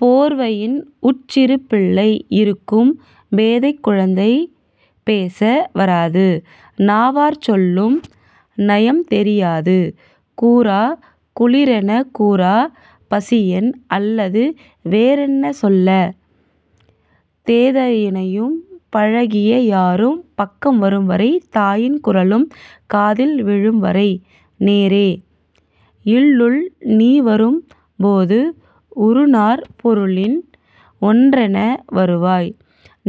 போர்வையின் உட்சிறு பிள்ளை யிருக்கும் பேதைக் குழந்தை பேச வராது நாவாற் சொல்லும் நயம்தெரி யாது கூறா குளிரெனக் கூறா பசியெந் அல்லது வேறென்ன சொல்ல தெதனையும் பழகிய யாரும் பக்கம் வரும்வரை தாயின் குரலும் காதில் விழும்வரை. நேரே இல்லுள் நீவரும் போது உறுநாற் பொருளில் ஒன்றென வருவாய்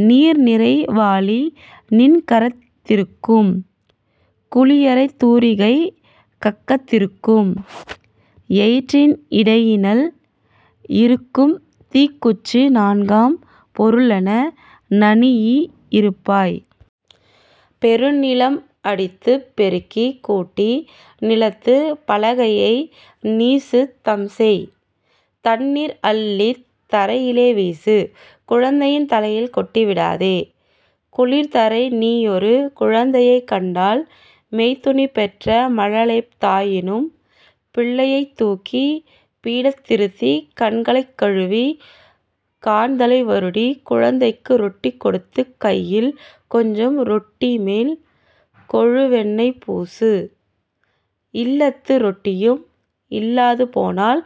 நீர்நிறை வாளி நின்கரத் திருக்கும் குளியற் தூரிகை கக்கத் திருக்கும் எயிற்றின் இடையினில் இருக்கும் தீக்குச்சி நான்காம் பொருளென நனிநீ யிருப்பாய். பெருநிலம் அடுத்துப் பெருக்கிக் கூட்டி நிலத்துப் பலகையை நீசுத் தம்செய். தண்ணீர் அள்ளித் தரையிலே வீசு குழந்தையின் தலையில் கொட்டி விடாதே. குளிர்தரை நீயொரு குழந்தையைக் கண்டால் மைத்துனி பெற்ற மழலையஃ தாயினும் பிள்ளையைத் தூக்கிப் பீடத் திருத்தி கண்களைக் கழுவிக் காண்தலை வருடி குழந்தைக்கு ரொட்டி கொடுத்துக் கையில் கொஞ்சம் ரொட்டிமேல் கொழுவெணெய் பூசு இல்லத்து ரொட்டியும் இல்லாது போனால்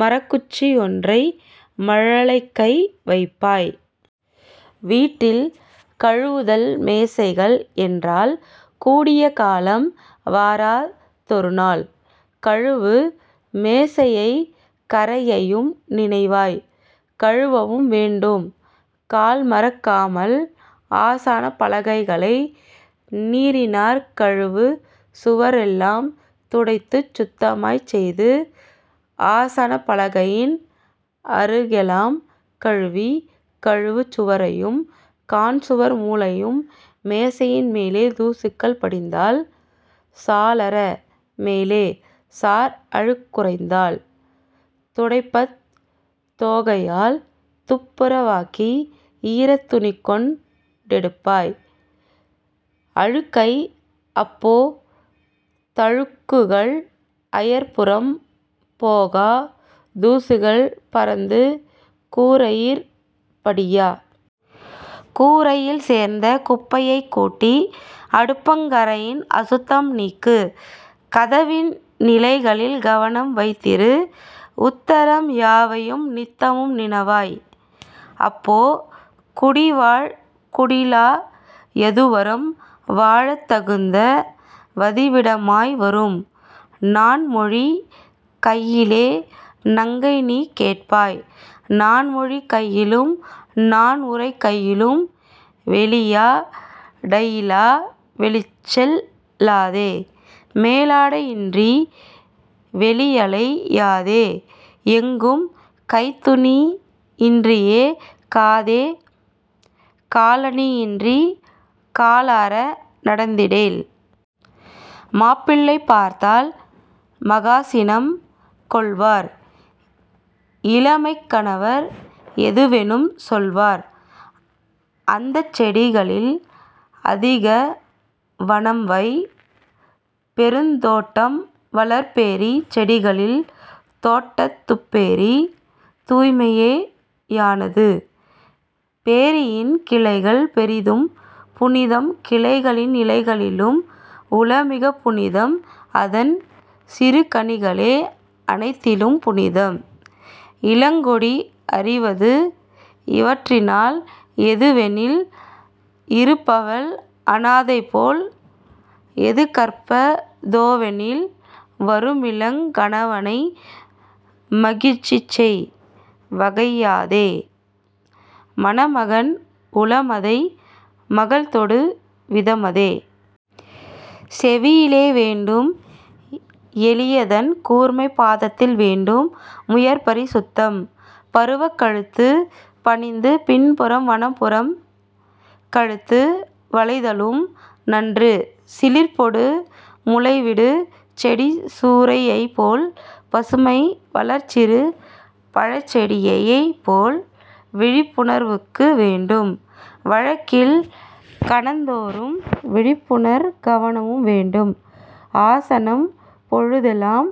மரக்குச்சி யொன்றை மழலைகை வைப்பாய். வீட்டில் கழுவுதல் மேசைகள் என்றால் கூடிய காலம் வாராத் தொருநாள், கழுவு மேசையைக் கரையையும் நினைவாய் கழுவவும் வேண்டும் கால்மறக் காமல். ஆசானப் பலகைகளை நீரினாற் கழுவு சுவரெல்லாம் துடைத்துச் சுத்தமாய்க் செய்து ஆசனப் பலகையின் அருகெலாம் கழுவி கழுவு சுவரையும் காண்சுவர் மூலையும் மேசையின் மேலே தூசுகள் படிந்தால் சாளர மேலே சார்அழுக் குறைந்தால் துடைப்பத் தோகையால் துப்புர வாக்கி ஈரத் துணிகொண் டெடுப்பாய் அழுக்கை அப்போ தழுக்குகள் அயற்புறம் போகா தூசுகள் பறந்து கூரையிற் படியா. கூரையில் சேர்ந்த குப்பையைக் கூட்டி அடுப்பங் கரையின் அசுத்தம் நீக்கு கதவின் நிலைகளில் கவனம் வைத்திரு உத்தரம் யாவையும் நித்தமும் நினைவாய். அப்போ குடிவாழ் குடிலா யதுவரும் வாழத் தகுந்த வதிவிட மாய்வரும். நான்மொழி கையிலே நங்கைநீ கேட்பாய் நான்மொழி கையிலும் நான்உரைக் கையிலும். வெளியா டையிலா வெளிச்செல் லாதே மேலாடை யின்றி வெளியலை யாதே எங்கும் கைத்துணி யின்றியே காதே காலணி யின்றிக் காலாற நடந்திடேல். மாப்பிள்ளை பார்த்தால் மகாசினம் கொள்வார் இளமைக் கணவர் எதுவெனும் சொல்வார். அந்தச் செடிகளில் அதிகவ னம்வை பெருந்தோட்டம்வளர் பேரிச் செடிகளில். தோட்டத் துப்பேரி தூய்மையே யானது பேரியின் கிளைகள் பெரிதும் புனிதம் கிளைகளின் இலைகளிளும் உளமிகப் புனிதம் அதன் சிறுகனிகளே அனைத்திலும் புனிதம். இளங்கொடி அறிவது இவற்றினால் எதுவெனில் இருப்பவள் அனாதைபோல் எதுகற்ப தோவெனில் வருமிளங் கணவனை மகிழ்சிச்செய் வகையாதே மணமகன் உளமதை மகள்தொடு விதமதே. செவியிலே வேண்டும் எலியதன் கூர்மை பாதத்தில் வேண்டும் முயற்பரி சுத்தம். பருவக் கழுத்துப் பணிந்து பின்புறம் வனப்புறும் கழுத்து வளைதலும் நன்று சிலிர்ப்பொடு முளைவிடு செடி சூரையைப்போல் பசுமை வளர்சிறு பழச்செடி யைப்போல். விழிப்புணர்வுனக்கு வேண்டும் வழக்கில் கணந்தோறும் விழிப்புணர் கவனமும் வேண்டும் ஆசனம் பொழுதெலாம்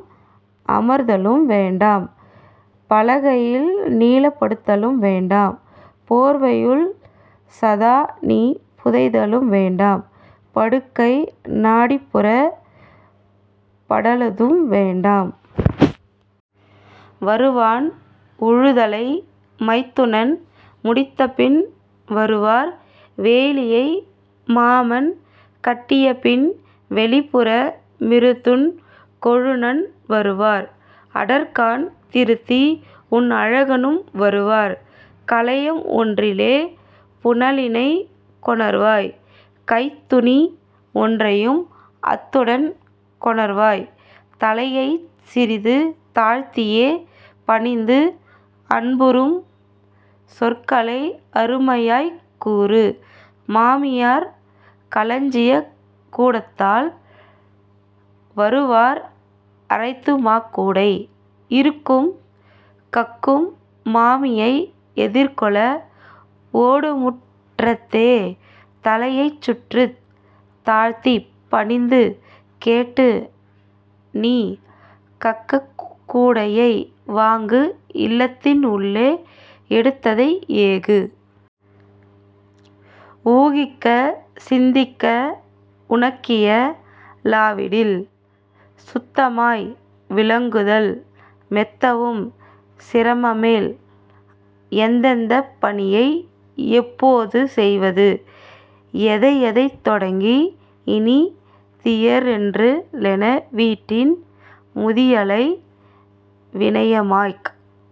அமர்தலும் வேண்டாம் பலகையில் நீளப் படுத்தலும் வேண்டாம் போர்வையுள் சதாநீ புதைதலும் வேண்டாம் படுக்கை நாடிப்புறப் படலதும் வேண்டாம். வருவான் உழுதலை மைத்துனன் முடித்தபின் வருவார் வேலியை மாமன்கட் டியபின் வெளிப்புற மிருந்துன் கொழுநன் வருவார் அடர்கான் திருத்திஉன் அழகனும் வருவார். கலயம் ஒன்றிலே புனலினைக் கொணர்வாய் கைத்துணி ஒன்றையும் அத்துடன் கொணர்வாய் தலையைச் சிறிது தாழ்த்தியே பணிந்து அன்புறும் சொற்களை அருமையாய்க் கூறு. மாமியார் களஞ்சியக் கூடத்தால் வருவார் அரைத்துமாக் கூடை இருக்கும் கக்கம் மாமியை எதிர்கொள ஓடுமுற் றத்தே தலையைச் சற்றுத் தாழ்த்திப் பணிந்து கேட்டுநீ கக்கக் கூடையை வாங்கு இல்லத்தின் உள்ளே எடுத்ததை ஏகு. ஊகிக்கச் சிந்திக்க உனக்கிய லாவிடில் சுத்தமாய் விளங்குதல் மெத்தவும் சிரமமேல் எந்தெந்தப் பணியை எப்போது செய்வது எதையெதைத் தொடங்கி இனிதியற்ரென்ரு வீட்டின் முதியளை வினயமாய்க்